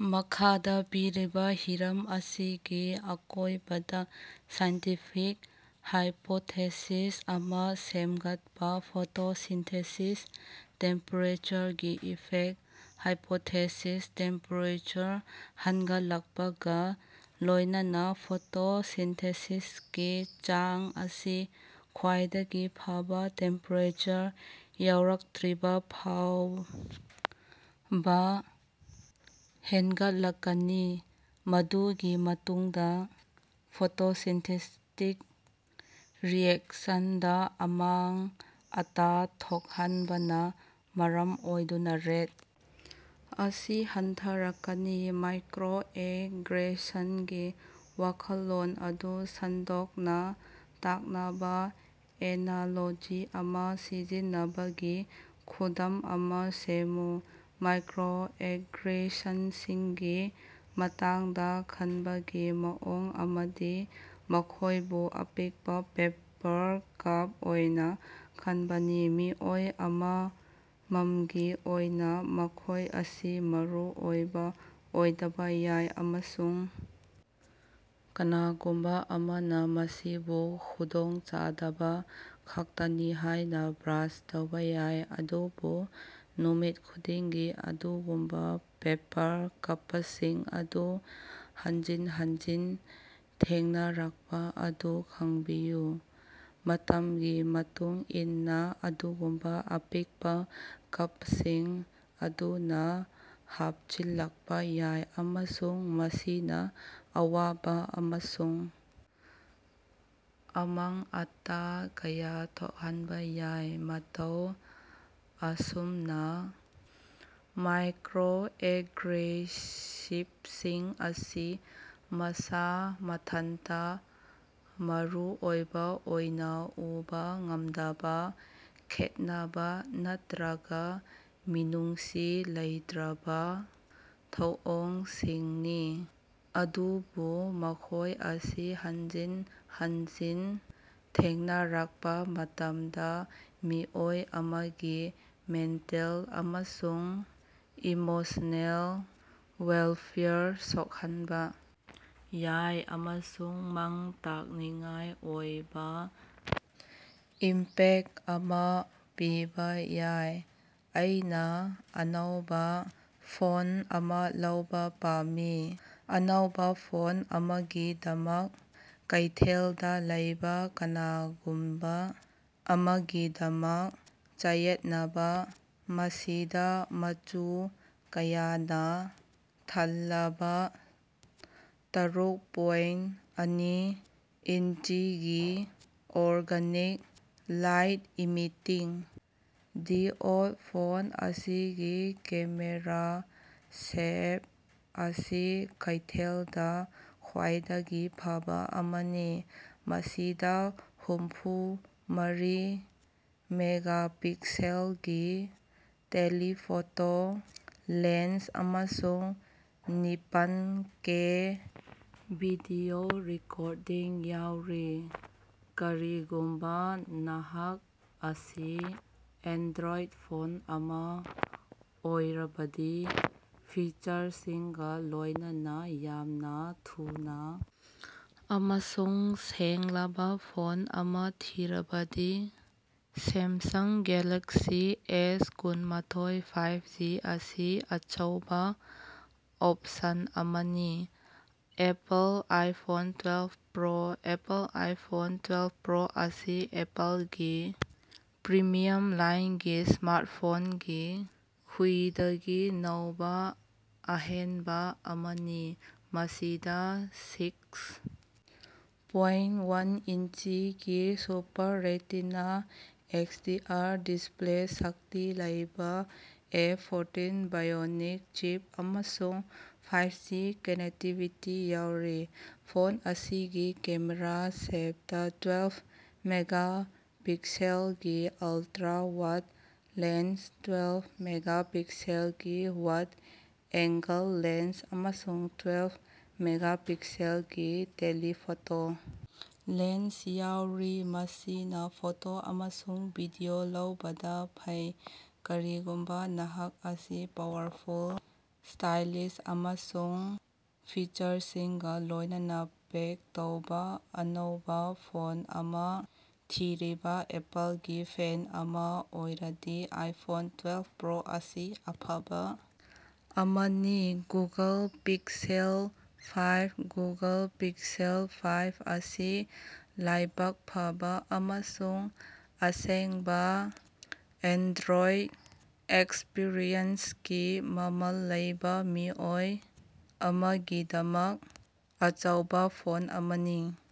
ꯃꯈꯥꯗ ꯄꯤꯔꯤꯕ ꯍꯤꯔꯝ ꯑꯁꯤꯒꯤ ꯑꯀꯣꯏꯕꯗ ꯁꯥꯏꯟꯇꯤꯐꯤꯛ ꯍꯥꯏꯄꯣꯊꯦꯁꯤꯁ ꯑꯃ ꯁꯦꯝꯒꯠꯄ:- ꯐꯣꯇꯣꯁꯤꯟꯊꯦꯁꯤꯁꯇ ꯇꯦꯝꯄꯦꯔꯦꯆꯔꯒꯤ ꯏꯐꯦꯛꯇ: ꯍꯥꯏꯄꯣꯊꯦꯁꯤꯁ- ꯇꯦꯝꯄꯦꯔꯦꯆꯔ ꯍꯦꯟꯒꯠꯂꯛꯄꯒ ꯂꯣꯌꯅꯅ ꯐꯣꯇꯣꯁꯤꯟꯊꯦꯁꯤꯁꯀꯤ ꯆꯥꯡ ꯑꯁꯤ ꯈ꯭ꯋꯥꯏꯗꯒꯤ ꯐꯕ ꯇꯦꯝꯄꯦꯔꯦꯆꯔꯗ ꯌꯧꯔꯛꯇ꯭ꯔꯤꯕꯐꯥꯎꯕ ꯍꯦꯟꯒꯠꯂꯛꯀꯅꯤ꯫ ꯃꯗꯨꯒꯤ ꯃꯇꯨꯡꯗ ꯐꯣꯇꯣꯁꯤꯟꯊꯦꯇꯤꯛ ꯔꯤꯑꯦꯛꯁꯟꯗ ꯑꯃꯥꯡ-ꯑꯇꯥ ꯊꯣꯛꯍꯟꯕꯅ ꯃꯔꯝ ꯑꯣꯏꯗꯨꯅ ꯔꯦꯠ ꯑꯁꯤ ꯍꯟꯊꯔꯛꯀꯅꯤ꯫ ꯃꯥꯏꯀ꯭ꯔꯣꯑꯦꯒ꯭ꯔꯦꯁꯟꯒꯤ ꯋꯥꯈꯜꯂꯣꯟ ꯑꯗꯨ ꯁꯟꯗꯣꯛꯅ ꯇꯥꯛꯅꯕ ꯑꯦꯅꯥꯂꯣꯖꯤ ꯑꯃ ꯁꯤꯖꯤꯟꯅꯕꯒꯤ ꯈꯨꯗꯝ ꯑꯃ ꯁꯦꯝꯃꯨ꯫ ꯃꯥꯏꯀ꯭ꯔꯣꯑꯦꯒ꯭ꯔꯦꯁꯟꯁꯤꯡꯒꯤ ꯃꯇꯥꯡꯗ ꯈꯟꯕꯒꯤ ꯃꯑꯣꯡ ꯑꯃꯗꯤ ꯃꯈꯣꯏꯕꯨ ꯑꯄꯤꯛꯄ ꯄꯦꯄꯔ ꯀꯠꯄ ꯑꯣꯏꯅ ꯈꯟꯕꯅꯤ꯫ ꯃꯤꯑꯣꯏ ꯑꯃꯃꯝꯒꯤ ꯑꯣꯏꯅ ꯃꯈꯣꯏ ꯑꯁꯤ ꯃꯔꯨꯑꯣꯏꯕ ꯑꯣꯏꯗꯕ ꯌꯥꯏ ꯑꯃꯁꯨꯡ ꯀꯅꯥꯒꯨꯝꯕ ꯑꯃꯅ ꯃꯁꯤꯕꯨ ꯈꯨꯗꯣꯡꯆꯥꯗꯕ ꯈꯛꯇꯅꯤ ꯍꯥꯏꯅ ꯕ꯭ꯔꯁ ꯇꯧꯕ ꯌꯥꯏ꯫ ꯑꯗꯨꯕꯨ ꯅꯨꯃꯤꯠ ꯈꯨꯗꯤꯡꯒꯤ ꯑꯗꯨꯒꯨꯝꯕ ꯄꯦꯄꯔ ꯀꯛꯄꯁꯤꯡ ꯑꯗꯨ ꯍꯟꯖꯤꯟ ꯍꯟꯖꯤꯟ ꯊꯦꯡꯅꯔꯛꯄ ꯑꯗꯨ ꯈꯟꯕꯤꯌꯨ꯫ ꯃꯇꯝꯒꯤ ꯃꯇꯨꯡꯏꯟꯅ ꯑꯗꯨꯒꯨꯝꯕ "ꯑꯄꯤꯛꯄ" ꯀꯛꯄꯁꯤꯡ ꯑꯗꯨꯅ ꯍꯥꯞꯆꯤꯜꯂꯛꯄ ꯌꯥꯏ ꯑꯃꯁꯨꯡ ꯃꯁꯤꯅ ꯑꯋꯥꯕ ꯑꯃꯁꯨꯡ ꯑꯃꯥꯡ-ꯑꯇꯥ ꯀꯌꯥ ꯊꯣꯛꯍꯟꯕ ꯌꯥꯏ꯫ ꯃꯇꯧ ꯑꯁꯨꯝꯅ ꯃꯥꯏꯀ꯭ꯔꯣꯑꯦꯒ꯭ꯔꯦꯁꯤꯚꯁꯤꯡ ꯑꯁꯤ ꯃꯁꯥ ꯃꯊꯟꯇ ꯃꯔꯨꯑꯣꯏꯕ ꯑꯣꯏꯅ ꯎꯕ ꯉꯝꯗꯕ ꯈꯦꯠꯅꯕ ꯅꯠꯇ꯭ꯔꯒ ꯃꯤꯅꯨꯡꯁꯤ ꯂꯩꯇ꯭ꯔꯕ ꯊꯧꯑꯣꯡꯁꯤꯡꯅꯤ꯫ ꯑꯗꯨꯕꯨ ꯃꯈꯣꯏ ꯑꯁꯤ ꯍꯟꯖꯤꯟ ꯍꯟꯖꯤꯟ ꯊꯦꯡꯅꯔꯛꯄ ꯃꯇꯝꯗ ꯃꯤꯑꯣꯏ ꯑꯃꯒꯤ ꯃꯦꯟꯇꯜ ꯑꯃꯁꯨꯡ ꯏꯃꯣꯁ꯭ꯅꯦꯜ ꯋꯦꯜꯐꯦꯌꯔꯗ ꯁꯣꯛꯍꯟꯕ ꯌꯥꯏ ꯑꯃꯁꯨꯡ ꯃꯥꯡ-ꯇꯥꯛꯅꯤꯡꯉꯥꯏ ꯑꯣꯏꯕ ꯏꯝꯄꯦꯛꯇ ꯑꯃ ꯄꯤꯕ ꯌꯥꯏ꯫ ꯑꯩꯅ ꯑꯅꯧꯕ ꯐꯣꯟ ꯑꯃ ꯂꯧꯕ ꯄꯥꯝꯃꯤ꯫ ꯑꯅꯧꯕ ꯐꯣꯟ ꯑꯃꯒꯤꯗꯃꯛ ꯀꯩꯊꯦꯜꯗ ꯂꯩꯕ ꯀꯅꯥꯒꯨꯝꯕ ꯑꯃꯒꯤꯗꯃꯛ ꯆꯌꯦꯠꯅꯕ꯫ ꯃꯁꯤꯗ ꯃꯆꯨ ꯀꯌꯥꯅ ꯊꯜꯂꯕ ꯇꯔꯨꯛ ꯄꯣꯏꯟꯇ ꯑꯅꯤ ꯏꯟꯆꯤꯒꯤ organic light emitting diode phone ꯑꯁꯤꯒꯤ ꯀꯦꯃꯦꯔꯥ ꯁꯦꯠꯑꯞ ꯑꯁꯤ ꯀꯩꯊꯦꯜꯗ ꯈ꯭ꯋꯥꯏꯗꯒꯤ ꯐꯕ ꯑꯃꯅꯤ꯫ ꯃꯁꯤꯗ ꯍꯨꯝꯐꯨ ꯃꯔꯤ ꯃꯦꯒꯥꯄꯤꯛꯁꯦꯜꯒꯤ ꯇꯦꯂꯤꯐꯣꯇꯣ ꯂꯦꯟꯁ ꯑꯃꯁꯨꯡ ꯅꯤꯄꯥꯟ ꯀꯦ ꯚꯤꯗꯤꯑꯣ ꯔꯦꯀꯣꯔꯗꯤꯡ ꯌꯥꯎꯔꯤ꯫ ꯀꯔꯤꯒꯨꯝꯕ ꯅꯍꯥꯛ ꯑꯁꯤ ꯑꯦꯟꯗ꯭ꯔꯣꯏꯗ ꯐꯣꯟ ꯑꯃ ꯑꯣꯏꯔꯕꯗꯤ ꯐꯤꯆꯔꯁꯤꯡꯒ ꯂꯣꯏꯅꯅ ꯌꯥꯝꯅ ꯊꯨꯅ ꯑꯃꯁꯨꯡ ꯁꯦꯡꯂꯕ ꯐꯣꯟ ꯑꯃ ꯊꯤꯔꯕꯗꯤ ꯁꯦꯝꯁꯪ ꯒ꯭ꯌꯥꯂꯦꯛꯁꯤ ꯑꯦꯁꯀꯨꯟ ꯃꯊꯣꯏ ꯐꯥꯏꯚꯖꯤ ꯑꯁꯤ ꯑꯆꯧꯕ ꯑꯣꯞꯁꯟ ꯑꯃꯅꯤ꯫ Apple iPhone twelve Pro: Apple iPhone twelve Pro ꯑꯁꯤ ꯑꯦꯄꯜꯒꯤ ꯄ꯭ꯔꯤꯃꯤꯌꯝ ꯂꯥꯏꯟꯒꯤ ꯁ꯭ꯃꯥꯔꯠꯐꯣꯟꯒꯤ ꯈ꯭ꯋꯤꯏꯗꯒꯤ ꯅꯧꯕ ꯑꯍꯦꯟꯕ ꯑꯃꯅꯤ꯫ ꯃꯁꯤꯗ ꯁꯤꯛꯁ ꯄꯣꯏꯟꯇ ꯋꯥꯟ ꯏꯟꯆꯤꯒꯤ ꯁꯨꯄꯔ ꯔꯦꯇꯤꯅ ꯑꯦꯛꯁꯗꯤꯑꯥꯔ ꯗꯤꯁꯄ꯭ꯂꯦ, ꯁꯛꯇꯤ ꯂꯦꯏꯕ ꯑꯦ ꯐꯣꯔꯇꯤꯟ ꯕꯥꯏꯑꯣꯅꯤꯛ ꯆꯤꯞ ꯑꯃꯁꯨꯡ ꯐꯥꯏꯚꯖꯤ ꯀꯅꯦꯛꯇꯤꯚꯤꯇꯤ ꯌꯥꯎꯔꯤ꯫ ꯐꯣꯟ ꯑꯁꯤꯒꯤ ꯀꯦꯃꯦꯔꯥ ꯁꯦꯇꯑꯞꯇ ꯇ꯭ꯋꯦꯜꯐ ꯃꯦꯒꯥꯄꯤꯛꯁꯦꯜꯒꯤ ꯑꯜꯇ꯭ꯔꯥ-ꯋꯥꯏꯗ ꯂꯦꯟꯁ, ꯇ꯭ꯋꯦꯜꯐ ꯃꯦꯒꯥꯄꯤꯛꯁꯦꯜꯒꯤ ꯋꯥꯏꯗ-ꯑꯦꯡꯒꯜ ꯂꯦꯟꯁ ꯑꯃꯁꯨꯡ ꯇ꯭ꯋꯦꯜꯐ ꯃꯦꯒꯥꯄꯤꯛꯁꯦꯜꯒꯤ ꯇꯦꯂꯤꯐꯣꯇꯣ ꯂꯦꯟꯁ ꯌꯥꯎꯔꯤ꯫ ꯃꯁꯤꯅ ꯐꯣꯇꯣ ꯑꯃꯁꯨꯡ ꯚꯤꯗꯤꯑꯣ ꯂꯧꯕꯗ ꯌꯥꯝꯅ ꯐꯩ꯫ ꯀꯔꯤꯒꯨꯝꯕ ꯅꯍꯥꯛ ꯑꯁꯤ ꯄꯥꯋꯔꯐꯨꯜ, ꯁ꯭ꯇꯥꯏꯂꯤꯁ ꯑꯃꯁꯨꯡ ꯐꯤꯆꯔꯁꯤꯡꯒ ꯂꯣꯏꯅꯅ ꯄꯦꯛ ꯇꯧꯕ ꯑꯅꯧꯕ ꯐꯣꯟ ꯑꯃ ꯊꯤꯔꯤꯕ ꯑꯦꯄꯜꯒꯤ ꯐꯦꯟ ꯑꯃ ꯑꯣꯏꯔꯕꯗꯤ ꯑꯥꯏꯐꯣꯟ ꯇ꯭ꯋꯦꯜꯐ ꯄ꯭ꯔꯣ ꯑꯁꯤ ꯑꯐꯕ ꯆꯌꯦꯠꯅꯕ ꯑꯃꯅꯤ꯫ Google Pixel five: Google Pixel five ꯑꯁꯤ ꯂꯥꯏꯕꯛ ꯐꯕ ꯑꯃꯁꯨꯡ ꯑꯁꯦꯡꯕ ꯑꯦꯟꯗ꯭ꯔꯣꯏꯗ ꯑꯦꯛꯁꯄꯤꯔꯤꯑꯦꯟꯁꯀꯤ ꯃꯃꯜ ꯂꯩꯕ ꯃꯤꯑꯣꯏ ꯑꯃꯒꯤꯗꯃꯛ ꯑꯆꯧꯕ ꯐꯣꯟ ꯑꯃꯅꯤ꯫